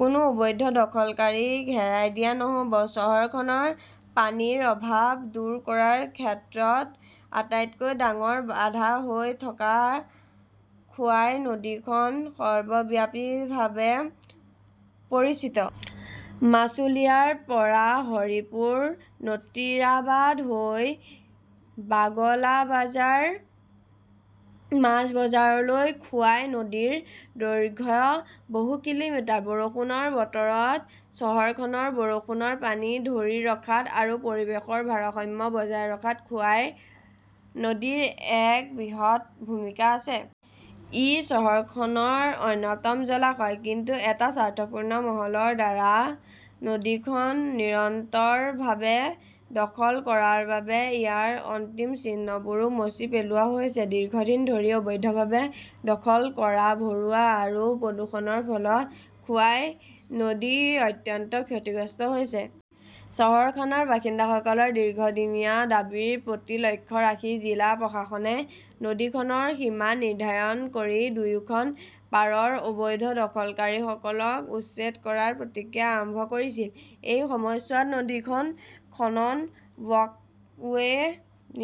কোনো অবৈধ দখলকাৰীক হেৰাই দিয়া নহ'ব। চহৰখনৰ পানীৰ অভাৱ দূৰ কৰাৰ ক্ষেত্ৰত আটাইতকৈ ডাঙৰ বাধা হৈ থকা খোৱাই নদীখন সৰ্বব্যাপীভাৱে পৰিচিত। মাছুলিয়াৰ পৰা হৰিপুৰ-নটীৰাবাদ হৈ বাগলাবাজাৰ, মাছবজাৰলৈ খোৱাই নদীৰ দৈৰ্ঘ্য বহু কিলোমিটাৰ। বৰষুণৰ বতৰত চহৰখনৰ বৰষুণৰ পানী ধৰি ৰখাত আৰু পৰিৱেশৰ ভাৰসাম্য বজাই ৰখাত খোৱাই নদীৰ এক বৃহৎ ভূমিকা আছে। ই চহৰখনৰ অন্যতম জলাশয়। কিন্তু এটা স্বাৰ্থপূৰ্ণ মহলৰ দ্বাৰা নদীখন নিৰন্তৰভাৱে দখল কৰাৰ বাবে ইয়াৰ অন্তিম চিহ্নবোৰো মচি পেলোৱা হৈছে। দীৰ্ঘদিন ধৰি অবৈধভাৱে দখল কৰা, ভৰোৱা আৰু প্ৰদূষণৰ ফলত খোৱাই নদী অত্যন্ত ক্ষতিগ্ৰস্ত হৈছে। চহৰখনৰ বাসিন্দাসকলৰ দীৰ্ঘদিনীয়া দাবীৰ প্ৰতি লক্ষ্য ৰাখি জিলা প্ৰশাসনে নদীখনৰ সীমা নিৰ্ধাৰণ কৰি দুয়োখন পাৰৰ অবৈধ দখলকাৰীসকলক উচ্ছেদ কৰাৰ প্ৰতিক্ৰা আৰম্ভ কৰিছিল। এই সময়ছোৱাত নদীখন খনন, ৱাকৱে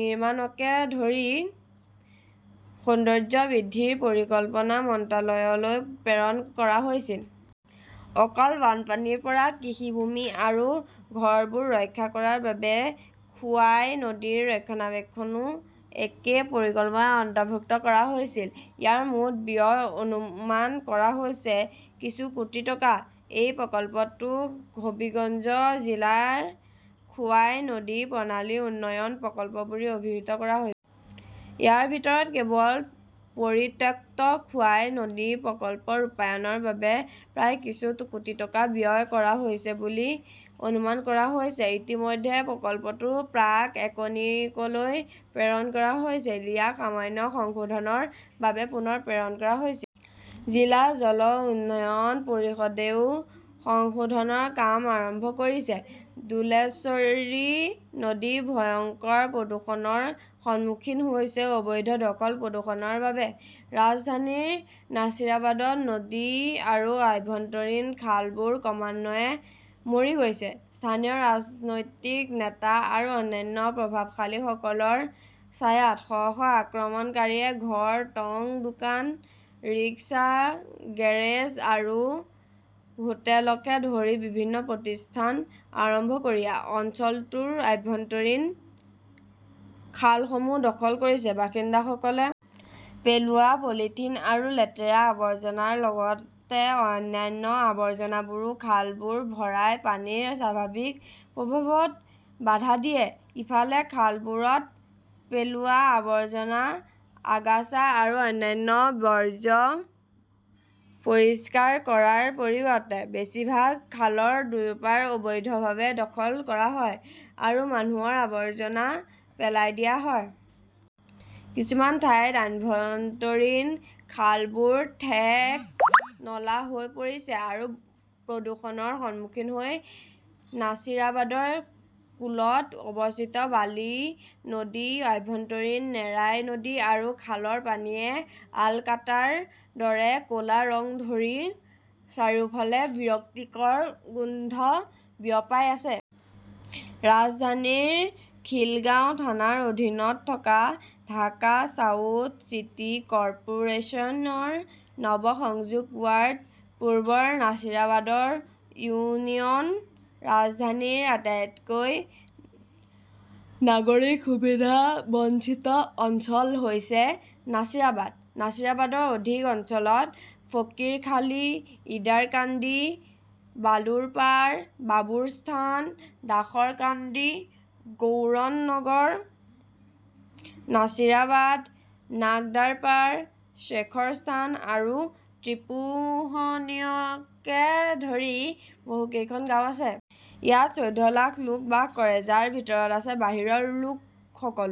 নিৰ্মাণকে ধৰি সৌন্দৰ্য্য বৃদ্ধিৰ পৰিকল্পনা মন্ত্ৰালয়লৈ প্ৰেৰণ কৰা হৈছিল। অকল বানপানীৰ পৰা কৃষিভূমি আৰু ঘৰবোৰ ৰক্ষা কৰাৰ বাবে খোৱাই নদীৰ ৰক্ষণাবেক্ষণও একে পৰিকল্পনাত অন্তৰ্ভুক্ত কৰা হৈছিল। ইয়াৰ মুঠ ব্যয় অনুমান কৰা হৈছে কিছু কোটি টকা। এই প্ৰকল্পটোক হবিগঞ্জ জিলাৰ খোৱাই নদী প্ৰণালী উন্নয়ন প্ৰকল্প বুলি অভিহিত কৰা হৈ ইয়াৰ ভিতৰত কেৱল পৰিত্যক্ত খোৱাই নদী প্ৰকল্প ৰূপায়ণৰ বাবে প্ৰায় কিছু কোটি টকা ব্যয় কৰা হৈছে বুলি অনুমান কৰা হৈছে। ইতিমধ্যে প্ৰকল্পটো প্ৰাক-একনিকলৈ প্ৰেৰণ কৰা হৈছিল, ইয়াক সামান্য সংশোধনৰ বাবে পুনৰ প্ৰেৰণ কৰা হৈছিল। জিলা জল উন্নয়ন পৰিষদেও সংশোধনৰ কাম আৰম্ভ কৰিছে। ধুলেশ্বৰী নদী ভয়ংকৰ প্ৰদূষণৰ সন্মুখীন হৈছে অবৈধ দখল-প্ৰদূষণৰ বাবে ।ৰাজধানীৰ নাছিৰাবাদত নদী আৰু আভ্যন্তৰীণ খালবোৰ ক্ৰমান্বয়ে মৰি গৈছে। স্থানীয় ৰাজনৈতিক নেতা আৰু অন্যান্য প্ৰভাৱশালীসকলৰ ছায়াত শ শ আক্ৰমণকাৰীয়ে ঘৰ, টঙ দোকান, ৰিক্সা গেৰেজ আৰু হোটেলকে ধৰি বিভিন্ন প্ৰতিষ্ঠান আৰম্ভ কৰি অঞ্চলটোৰ আভ্যন্তৰীণ খালসমূহ দখল কৰিছে। বাসিন্দাসকলে পেলোৱা পলিথিন আৰু লেতেৰা আৱৰ্জনাৰ লগতে অন্যান্য আৱৰ্জনাবোৰে খালবোৰ ভৰাই পানীৰ স্বাভাৱিক প্ৰবাহত বাধা দিয়ে। ইফালে, খালবোৰত পেলোৱা আৱৰ্জনা, আগাছা আৰু অন্যান্য বৰ্জ্য পৰিষ্কাৰ কৰাৰ পৰিৱৰ্তে বেছিভাগ খালৰ দুয়োপাৰ অবৈধভাৱে দখল কৰা হয় আৰু মানুহৰ আৱৰ্জনা পেলাই দিয়া হয়। কিছুমান ঠাইত আভ্যন্তৰীণ খালবোৰ ঠেক নলা হৈ পৰিছে আৰু প্ৰদূষণৰ সন্মুখীন হৈ নাছিৰাবাদৰ কোলত অৱস্থিত বালি নদী, আভ্যন্তৰীণ নাৰাই নদী আৰু খালৰ পানীয়ে আলকাটাৰ দৰে ক'লা ৰং ধৰি চাৰিওফালে বিৰক্তিকৰ গোন্ধ বিয়পাই আছে। ৰাজধানীৰ খিলগাঁও থানাৰ অধীনত থকা ঢাকা চাউথ চিটি কৰ্পোৰেচন ৰ নৱ-সংযুক্ত ৱাৰ্ড, পূৰ্বৰ নাছিৰাবাদ ইউনিয়ন। ৰাজধানীৰ আটাইতকৈ নাগৰিক সুবিধাবঞ্চিত অঞ্চল হৈছে নাছিৰাবাদ। নাছিৰাবাদৰ অধিক অঞ্চলত ফকীৰখালী, ইদাৰকান্দি, বালুৰপাৰ, বাবুৰ স্থান, দাসৰকান্দি, গৌড়নগৰ, নাছিৰাবাদ, নাগদাৰপাৰ, শ্বেখৰ স্থান আৰু ত্ৰিপোহনীয়কে ধৰি বহুকেইখন গাঁও আছে। ইয়াত চৌধ্য লাখ লোক বাস কৰে, যাৰ ভিতৰত আছে বাহিৰৰ লোকসকলো।